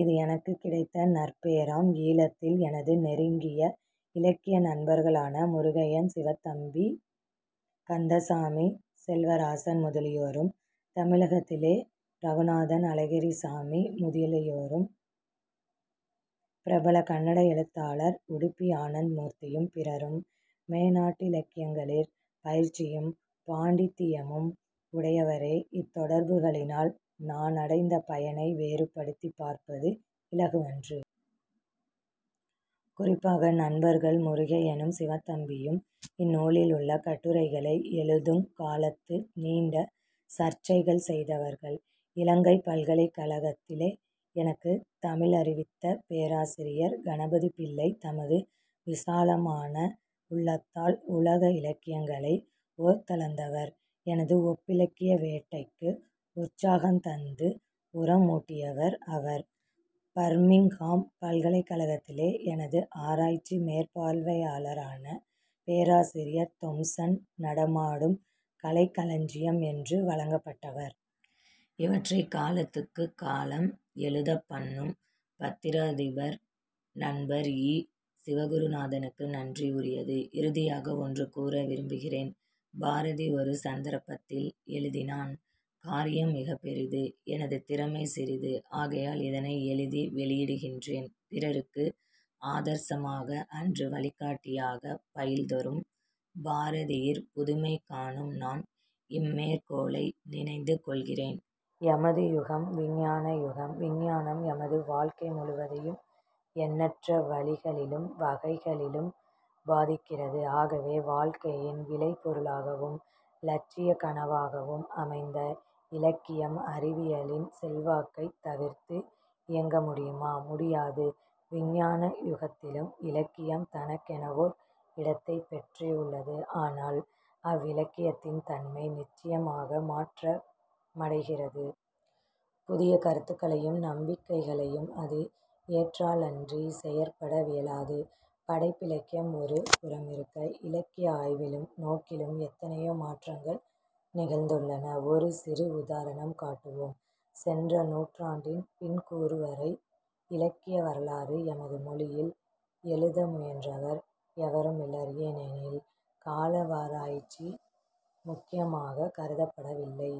இது எனக்குக் கிடைத்த நற்பேறாம். ஈழத்தில் எனது நெருங்கிய இலக்கிய நண்பர்களான முருகையன், சிவத்தம்பி, கந்தசாமி, செல்வராசன் முதலியோரும் தமிழகத்திலே ரகுநாதன், அழகிரிசாமி முதலியோரும் பிரபல கன்னடஎழுத்தாளர் உடுப்பி ஆனந்த மூர்த்தியும் பிறரும் மேனாட்டிலக்கியங்களிற் பயிற்சியும் பாண்டித்தியமும் உடையவரே. இத்தொடர்புகளினால் நானடைந்த பயனை வேறுபடுத்திப் பார்ப்பது இலகுவன்று. குறிப்பாக நண்பர்கள் முருகையனும், சிவத்தம்பியும் இந்நூலிலுள்ள கட்டுரைகளை எழுதுங் காலத்து நீண்ட சர்ச்சைகள் செய்தவர்கள். இலங்கைப் பல்கலைக் கழகத்திலே எனக்குத் தமிழறிவித்த பேராசிரியர் கணபதிப்பிள்ளை தமது விசாலமான உள்ளத்தால் உலக இலக்கியங்களை ஓர்ந்தளந்தவர். எனது ஒப்பிலக்கிய வேட்கைக்கு உற்சாகந்தந்து உர மூட்டியவர் அவர். பர்மிங்ஹாம் பல்கலைக்கழகத்திலே எனது ஆராய்ச்சி மேற்பார்வையாளரான பேராசிரியர் தொம்சன் 'நடமாடும் கலைக்களஞ்சியம்' என்று வழங்கப்பட்டவர். இவற்றைக் காலத்துக்குக் காலம் எழுதப் பண்ணும் பத்திராதிபர் நண்பர் இ. சிவகுருநாதனுக்கு நன்றி உரியது. இறுதியாக ஒன்று கூற விரும்புகிறேன். பாரதி ஒரு சந்தர்ப்பத்தில் எழுதினான்: "காரியம் மிகப்பெரிது, எனது திறமை சிறிது. 'ஆகையால்' இதனை எழுதி வௌியிடுகின்றேன். பிறருக்கு ஆதர்சமாக அன்று, வழிகாட்டியாக. " பயில் தொறும் பாரதியிற் புதுமை காணும் நான், இம்மேற்கோளை நினைந்து கொள்கிறேன். எமது யுகம் விஞ்ஞானயுகம். விஞ்ஞானம் எமது வாழ்க்கை முழுவதையும் எண்ணற்ற வழிகளிலும் வகைகளிலும் பாதிக்கிறது. ஆகவே வாழ்க்கையின் விளைபொருளாகவும் இலட்சியக் கனவாகவும் அமைந்த இலக்கியம் அறிவியலின் செல்வாக்கைத் தவிர்த்து இயங்கமுடியுமா? முடியாது. விஞ்ஞான யுகத்திலும் இலக்கியம் தனக்கெனவோர் இடத்தைப் பெற்றே உள்ளது. ஆனால் அவ்விலக்கியத்தின் தன்மை நிச்சயமாக மாற்ற மடைகிறது. புதிய கருத்துக்களையும் நம்பிக்கைகளையும் அது ஏற்றாலன்றிச் செயற்பட வியலாது. படைப்பிலக்கியம் ஒரு புறமிருக்க இலக்கிய ஆய்விலும் நோக்கிலும் எத்தனையோ மாற்றங்கள் நிகழ்ந்துள்ளன. ஒரு சிறு உதாரணம் காட்டுவோம். சென்ற நூற்றாண்டின் பிற்கூறுவரை இலக்கிய வரலாறு எமது மொழியில் எழுத முயன்றவர் எவருமிலர். ஏனெனில், காலவாராய்ச்சி முக்கியமாகக் கருதப்படவில்லை.